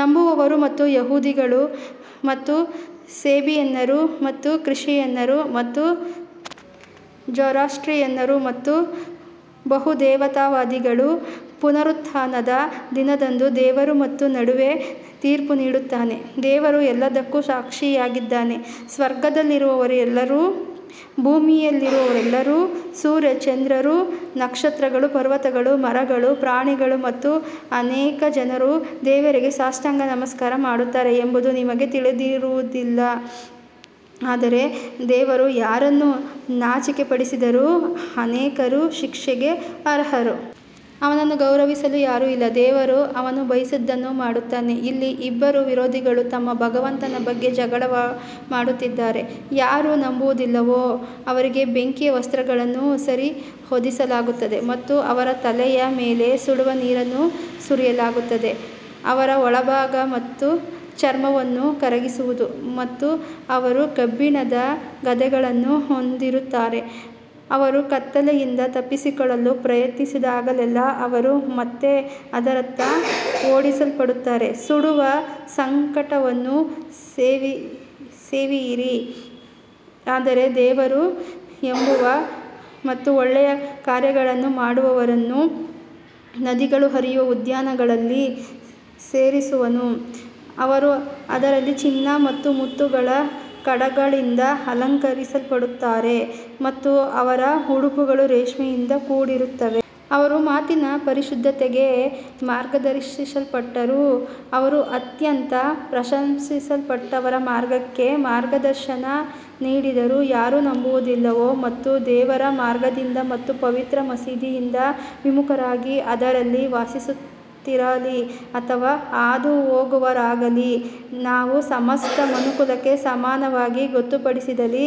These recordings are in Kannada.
ನಂಬುವವರು ಮತ್ತು ಯಹೂದಿಗಳು ಮತ್ತು ಸೇಬಿಯನ್ನರು ಮತ್ತು ಕ್ರಿಶ್ಚಿಯನ್ನರು ಮತ್ತು ಜೊರಾಸ್ಟ್ರಿಯನ್ನರು ಮತ್ತು ಬಹುದೇವತಾವಾದಿಗಳು ಪುನರುತ್ಥಾನದ ದಿನದಂದು ದೇವರು ಅವರ ನಡುವೆ ತೀರ್ಪು ನೀಡುತ್ತಾನೆ, ದೇವರು ಎಲ್ಲದಕ್ಕೂ ಸಾಕ್ಷಿಯಾಗಿದ್ದಾನೆ ಸ್ವರ್ಗದಲ್ಲಿರುವವರೆಲ್ಲರೂ, ಭೂಮಿಯಲ್ಲಿರುವವರೆಲ್ಲರೂ, ಸೂರ್ಯಚಂದ್ರರು, ನಕ್ಷತ್ರಗಳು, ಪರ್ವತಗಳು, ಮರಗಳು, ಪ್ರಾಣಿಗಳು ಮತ್ತು ಅನೇಕ ಜನರು ದೇವರಿಗೆ ಸಾಷ್ಟಾಂಗ ನಮಸ್ಕಾರ ಮಾಡುತ್ತಾರೆ ಎಂಬುದು ನಿಮಗೆ ತಿಳಿದಿರುವುದಿಲ್ಲ, ಆದರೆ ದೇವರು ಯಾರನ್ನು ನಾಚಿಕೆಪಡಿಸಿದರೂ ಅನೇಕರು ಶಿಕ್ಷೆಗೆ ಅರ್ಹರು. ಅವನನ್ನು ಗೌರವಿಸಲು ಯಾರೂ ಇಲ್ಲ, ದೇವರು ಅವನು ಬಯಸಿದ್ದನ್ನು ಮಾಡುತ್ತಾನೆ ಇಲ್ಲಿ ಇಬ್ಬರು ವಿರೋಧಿಗಳು ತಮ್ಮ ಭಗವಂತನ ಬಗ್ಗೆ ಜಗಳವಾಡುತ್ತಿದ್ದಾರೆ, ಯಾರು ನಂಬುವುದಿಲ್ಲವೋ ಅವರಿಗೆ ಬೆಂಕಿಯ ವಸ್ತ್ರಗಳನ್ನು ಸರಿಹೊಂದಿಸಲಾಗುತ್ತದೆ ಮತ್ತು ಅವರ ತಲೆಯ ಮೇಲೆ ಸುಡುವ ನೀರನ್ನು ಸುರಿಯಲಾಗುತ್ತದೆ. ಅವರ ಒಳಭಾಗ ಮತ್ತು ಚರ್ಮವನ್ನು ಕರಗಿಸುವುದು ಮತ್ತು ಅವರು ಕಬ್ಬಿಣದ ಗದೆಗಳನ್ನು ಹೊಂದಿರುತ್ತಾರೆ ಅವರು ಕತ್ತಲೆಯಿಂದ ತಪ್ಪಿಸಿಕೊಳ್ಳಲು ಪ್ರಯತ್ನಿಸಿದಾಗಲೆಲ್ಲಾ ಅವರು ಮತ್ತೆ ಅದರತ್ತ ಓಡಿಸಲ್ಪಡುತ್ತಾರೆ ಸುಡುವ ಸಂಕಟವನ್ನು ಸವಿಯಿರಿ ಆದರೆ ದೇವರು ನಂಬುವ ಮತ್ತು ಒಳ್ಳೆಯ ಕಾರ್ಯಗಳನ್ನು ಮಾಡುವವರನ್ನು ನದಿಗಳು ಹರಿಯುವ ಉದ್ಯಾನವನಗಳಲ್ಲಿ ಸೇರಿಸುವನು, ಅವರು ಅದರಲ್ಲಿ ಚಿನ್ನ ಮತ್ತು ಮುತ್ತುಗಳ ಕಡಗಗಳಿಂದ ಅಲಂಕರಿಸಲ್ಪಡುತ್ತಾರೆ ಮತ್ತು ಅವರ ಉಡುಪುಗಳು ರೇಷ್ಮೆಯಿಂದ ಕೂಡಿರುತ್ತವೆ. ಅವರು ಮಾತಿನ ಪರಿಶುದ್ಧತೆಗೆ ಮಾರ್ಗದರ್ಶಿಸಲ್ಪಟ್ಟರು, ಅವರು ಅತ್ಯಂತ ಪ್ರಶಂಸಿಸಲ್ಪಟ್ಟವರ ಮಾರ್ಗಕ್ಕೆ ಮಾರ್ಗದರ್ಶನ ನೀಡಿದರು ಯಾರು ನಂಬುವುದಿಲ್ಲವೋ ಮತ್ತು ದೇವರ ಮಾರ್ಗದಿಂದ ಮತ್ತು ಪವಿತ್ರ ಮಸೀದಿಯಿಂದ ವಿಮುಖರಾಗಿ ಅದರಲ್ಲಿ ವಾಸಿಸುತ್ತಿರಲಿ ಅಥವಾ ಹಾದುಹೋಗುವವರಾಗಲಿ ನಾವು ಸಮಸ್ತ ಮನುಕುಲಕ್ಕೆ ಸಮಾನವಾಗಿ ಗೊತ್ತುಪಡಿಸಿದಲ್ಲಿ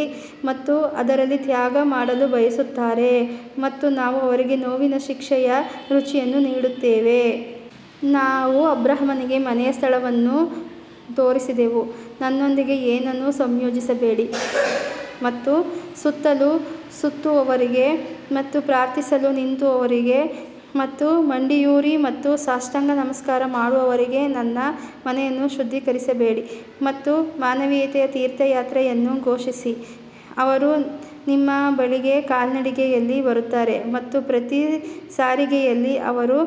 ಮತ್ತು ಅದರಲ್ಲಿ ತ್ಯಾಗ ಮಾಡಲು ಬಯಸುತ್ತಾರೆ ಮತ್ತು ನಾವು ಅವರಿಗೆ ನೋವಿನ ಶಿಕ್ಷೆಯ ರುಚಿಯನ್ನು ನೀಡುತ್ತೇವೆ. ನಾವು ಅಬ್ರಹಾಮನಿಗೆ ಮನೆಯ ಸ್ಥಳವನ್ನು ತೋರಿಸಿದೆವು ನನ್ನೊಂದಿಗೆ ಏನನ್ನೂ ಸಂಯೋಜಿಸಬೇಡಿ ಮತ್ತು ಸುತ್ತಲೂ ಸುತ್ತುವವರಿಗೆ ಮತ್ತು ಪ್ರಾರ್ಥಿಸಲು ನಿಂತಿರುವವರಿಗೆ ಮತ್ತು ಮಂಡಿಯೂರಿ ಮತ್ತು ಸಾಷ್ಟಾಂಗ ನಮಸ್ಕಾರ ಮಾಡುವವರಿಗೆ ನನ್ನ ಮನೆಯನ್ನು ಶುದ್ಧೀಕರಿಸಬೇಡಿ ಮತ್ತು ಮಾನವೀಯತೆಯ ತೀರ್ಥಯಾತ್ರೆಯನ್ನು ಘೋಷಿಸಿ ಅವರು ನಿಮ್ಮ ಬಳಿಗೆ ಕಾಲ್ನಡಿಗೆಯಲ್ಲಿ ಬರುತ್ತಾರೆ ಮತ್ತು ಪ್ರತಿ ಸಾರಿಗೆಯಲ್ಲಿ ಅವರು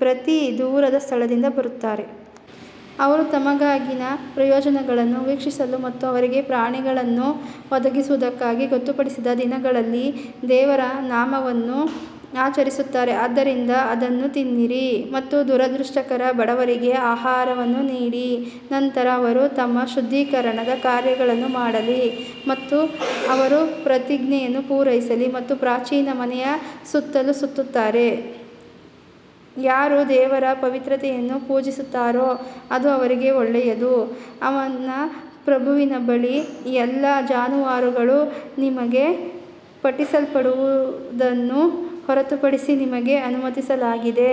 ಪ್ರತಿ ದೂರದ ಸ್ಥಳದಿಂದ ಬರುತ್ತಾರೆ. ಅವರು ತಮಗಾಗಿನ ಪ್ರಯೋಜನಗಳನ್ನು ವೀಕ್ಷಿಸಲು ಮತ್ತು ಅವರಿಗೆ ಪ್ರಾಣಿಗಳನ್ನು ಒದಗಿಸುವುದಕ್ಕಾಗಿ ಗೊತ್ತುಪಡಿಸಿದ ದಿನಗಳಲ್ಲಿ ದೇವರ ನಾಮವನ್ನು ಆಚರಿಸುತ್ತಾರೆ ಆದ್ದರಿಂದ ಅದನ್ನು ತಿನ್ನಿರಿ ಮತ್ತು ದುರದೃಷ್ಟಕರ ಬಡವರಿಗೆ ಆಹಾರವನ್ನು ನೀಡಿ ನಂತರ ಅವರು ತಮ್ಮ ಶುದ್ಧೀಕರಣದ ಕಾರ್ಯಗಳನ್ನು ಮಾಡಲಿ ಮತ್ತು ಅವರ ಪ್ರತಿಜ್ಞೆಗಳನ್ನು ಪೂರೈಸಲಿ ಮತ್ತು ಪ್ರಾಚೀನ ಮನೆಯ ಸುತ್ತಲೂ ಸುತ್ತುತ್ತಾರೆ ಯಾರು ದೇವರ ಪವಿತ್ರತೆಯನ್ನು ಪೂಜಿಸುತ್ತಾರೋ ಅದು ಅವರಿಗೆ ಒಳ್ಳೆಯದು ಅವನ ಪ್ರಭುವಿನ ಬಳಿ ಎಲ್ಲಾ ಜಾನುವಾರುಗಳು ನಿಮಗೆ ಪಠಿಸಲ್ಪಡುವುದನ್ನು ಹೊರತುಪಡಿಸಿ ನಿಮಗೆ ಅನುಮತಿಸಲಾಗಿದೆ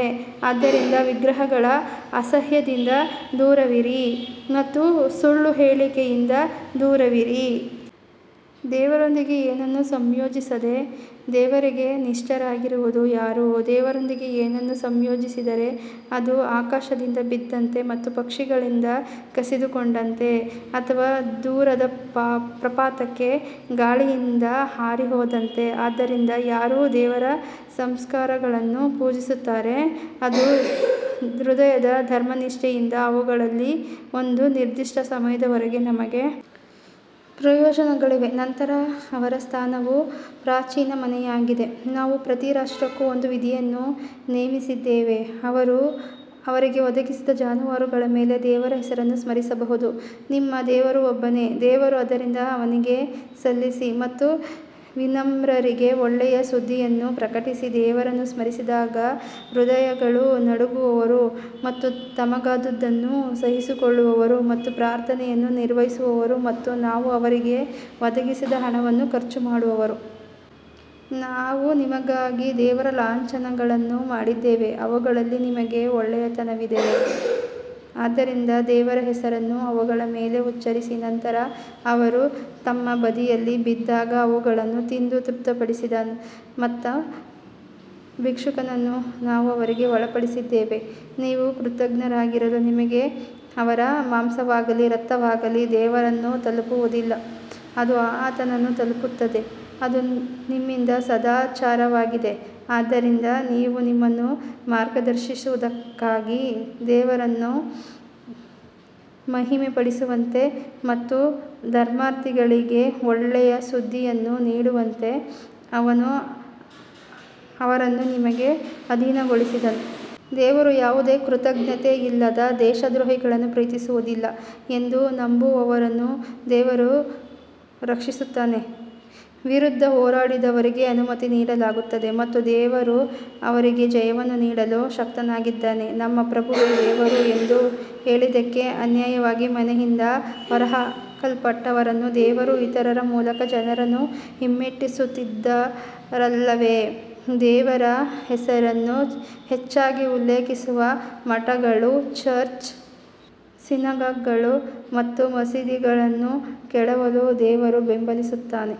ಆದ್ದರಿಂದ ವಿಗ್ರಹಗಳ ಅಸಹ್ಯದಿಂದ ದೂರವಿರಿ ಮತ್ತು ಸುಳ್ಳು ಹೇಳಿಕೆಯಿಂದ ದೂರವಿರಿ. ದೇವರೊಂದಿಗೆ ಏನನ್ನೂ ಸಂಯೋಜಿಸದೆ ದೇವರಿಗೆ ನಿಷ್ಠರಾಗಿರುವುದು ಯಾರು ದೇವರೊಂದಿಗೆ ಏನನ್ನೂ ಸಂಯೋಜಿಸಿದರೆ ಅದು ಆಕಾಶದಿಂದ ಬಿದ್ದಂತೆ ಮತ್ತು ಪಕ್ಷಿಗಳಿಂದ ಕಸಿದುಕೊಂಡಂತೆ ಅಥವಾ ದೂರದ ಪ್ರಪಾತಕ್ಕೆ ಗಾಳಿಯಿಂದ ಹಾರಿಹೋದಂತೆ. ಆದ್ದರಿಂದ ಯಾರು ದೇವರ ಸಂಸ್ಕಾರಗಳನ್ನು ಪೂಜಿಸುತ್ತಾರೆ ಅದು ಹೃದಯದ ಧರ್ಮನಿಷ್ಠೆಯಿಂದ ಅವುಗಳಲ್ಲಿ ಒಂದು ನಿರ್ದಿಷ್ಟ ಸಮಯದವರೆಗೆ ನಿಮಗೆ ಪ್ರಯೋಜನಗಳಿವೆ, ನಂತರ ಅವರ ಸ್ಥಾನವು ಪ್ರಾಚೀನ ಮನೆಯಾಗಿದೆ ನಾವು ಪ್ರತಿ ರಾಷ್ಟ್ರಕ್ಕೂ ಒಂದು ವಿಧಿಯನ್ನು ನೇಮಿಸಿದ್ದೇವೆ, ಅವರು ಅವರಿಗೆ ಒದಗಿಸಿದ ಜಾನುವಾರುಗಳ ಮೇಲೆ ದೇವರ ಹೆಸರನ್ನು ಸ್ಮರಿಸಬಹುದು, ನಿಮ್ಮ ದೇವರು ಒಬ್ಬನೇ ದೇವರು ಆದ್ದರಿಂದ ಅವನಿಗೆ ಸಲ್ಲಿಸಿ ಮತ್ತು ವಿನಮ್ರರಿಗೆ ಒಳ್ಳೆಯ ಸುದ್ದಿಯನ್ನು ಪ್ರಕಟಿಸಿ ದೇವರನ್ನು ಸ್ಮರಿಸಿದಾಗ ಹೃದಯಗಳು ನಡುಗುವವರು ಮತ್ತು ತಮಗಾದದ್ದನ್ನು ಸಹಿಸಿಕೊಳ್ಳುವವರು ಮತ್ತು ಪ್ರಾರ್ಥನೆಯನ್ನು ನಿರ್ವಹಿಸುವವರು ಮತ್ತು ನಾವು ಅವರಿಗೆ ಒದಗಿಸಿದ ಹಣವನ್ನು ಖರ್ಚು ಮಾಡುವವರು. ನಾವು ನಿನಗಾಗಿ ದೇವರ ಲಾಂಛನಗಳನ್ನು ಮಾಡಿದ್ದೇವೆ ಅವುಗಳಲ್ಲಿ ನಿಮಗೆ ಒಳ್ಳೆಯತನವಿದೆ ಆದ್ದರಿಂದ ದೇವರ ಹೆಸರನ್ನು ಅವುಗಳ ಮೇಲೆ ಉಚ್ಚರಿಸಿ ನಂತರ ಅವರು ತಮ್ಮ ಬದಿಯಲ್ಲಿ ಬಿದ್ದಾಗ ಅವುಗಳನ್ನು ತಿಂದು ತೃಪ್ತಿಪಡಿಸಿದ ಮತ್ತು ಭಿಕ್ಷುಕನನ್ನು ನಾವು ಅವರಿಗೆ ಒಳಪಡಿಸಿದ್ದೇವೆ. ನೀವು ಕೃತಜ್ಞರಾಗಿರಲು ನಿಮಗೆ ಅವರ ಮಾಂಸವಾಗಲೀ, ರಕ್ತವಾಗಲೀ ದೇವರನ್ನು ತಲುಪುವುದಿಲ್ಲ, ಅದು ಆತನನ್ನು ತಲುಪುತ್ತದೆ, ಅದು ನಿಮ್ಮಿಂದ ಸದಾಚಾರವಾಗಿದೆ, ಆದ್ದರಿಂದ ನೀವು ನಿಮ್ಮನ್ನು ಮಾರ್ಗದರ್ಶಿಸುವುದಕ್ಕಾಗಿ ದೇವರನ್ನು ಮಹಿಮೆಪಡಿಸುವಂತೆ ಮತ್ತು ಧರ್ಮಾರ್ಥಿಗಳಿಗೆ ಒಳ್ಳೆಯ ಸುದ್ದಿಯನ್ನು ನೀಡುವಂತೆ ಅವನು ಅವರನ್ನು ನಿಮಗೆ ಅಧೀನಗೊಳಿಸಿದನು. ದೇವರು ಯಾವುದೇ ಕೃತಜ್ಞತೆಯಿಲ್ಲದ ದೇಶದ್ರೋಹಿಯನ್ನು ಪ್ರೀತಿಸುವುದಿಲ್ಲ ಎಂದು ನಂಬುವವರನ್ನು ದೇವರು ರಕ್ಷಿಸುತ್ತಾನೆ ವಿರುದ್ಧ ಹೋರಾಡಿದವರಿಗೆ ಅನುಮತಿ ನೀಡಲಾಗುತ್ತದೆ ಮತ್ತು ದೇವರು ಅವರಿಗೆ ಜಯವನ್ನು ನೀಡಲು ಶಕ್ತನಾಗಿದ್ದಾನೆ ನಮ್ಮ ಪ್ರಭುವೇ ದೇವರು ಎಂದು ಹೇಳಿದ್ದಕ್ಕೆ ಅನ್ಯಾಯವಾಗಿ ಮನೆಯಿಂದ ಹೊರಹಾಕಲ್ಪಟ್ಟವರನ್ನು ದೇವರು ಇತರರ ಮೂಲಕ ಜನರನ್ನು ಹಿಮ್ಮೆಟ್ಟಿಸುತ್ತಿದ್ದರಲ್ಲವೇ, ದೇವರ ಹೆಸರನ್ನು ಹೆಚ್ಚಾಗಿ ಉಲ್ಲೇಖಿಸುವ ಮಠಗಳು ಚರ್ಚ್, ಸಿನಗಾಗ್ಗಳು ಮತ್ತು ಮಸೀದಿಗಳನ್ನು ಕೆಡವಲು ದೇವರು ಬೆಂಬಲಿಸುತ್ತಾನೆ.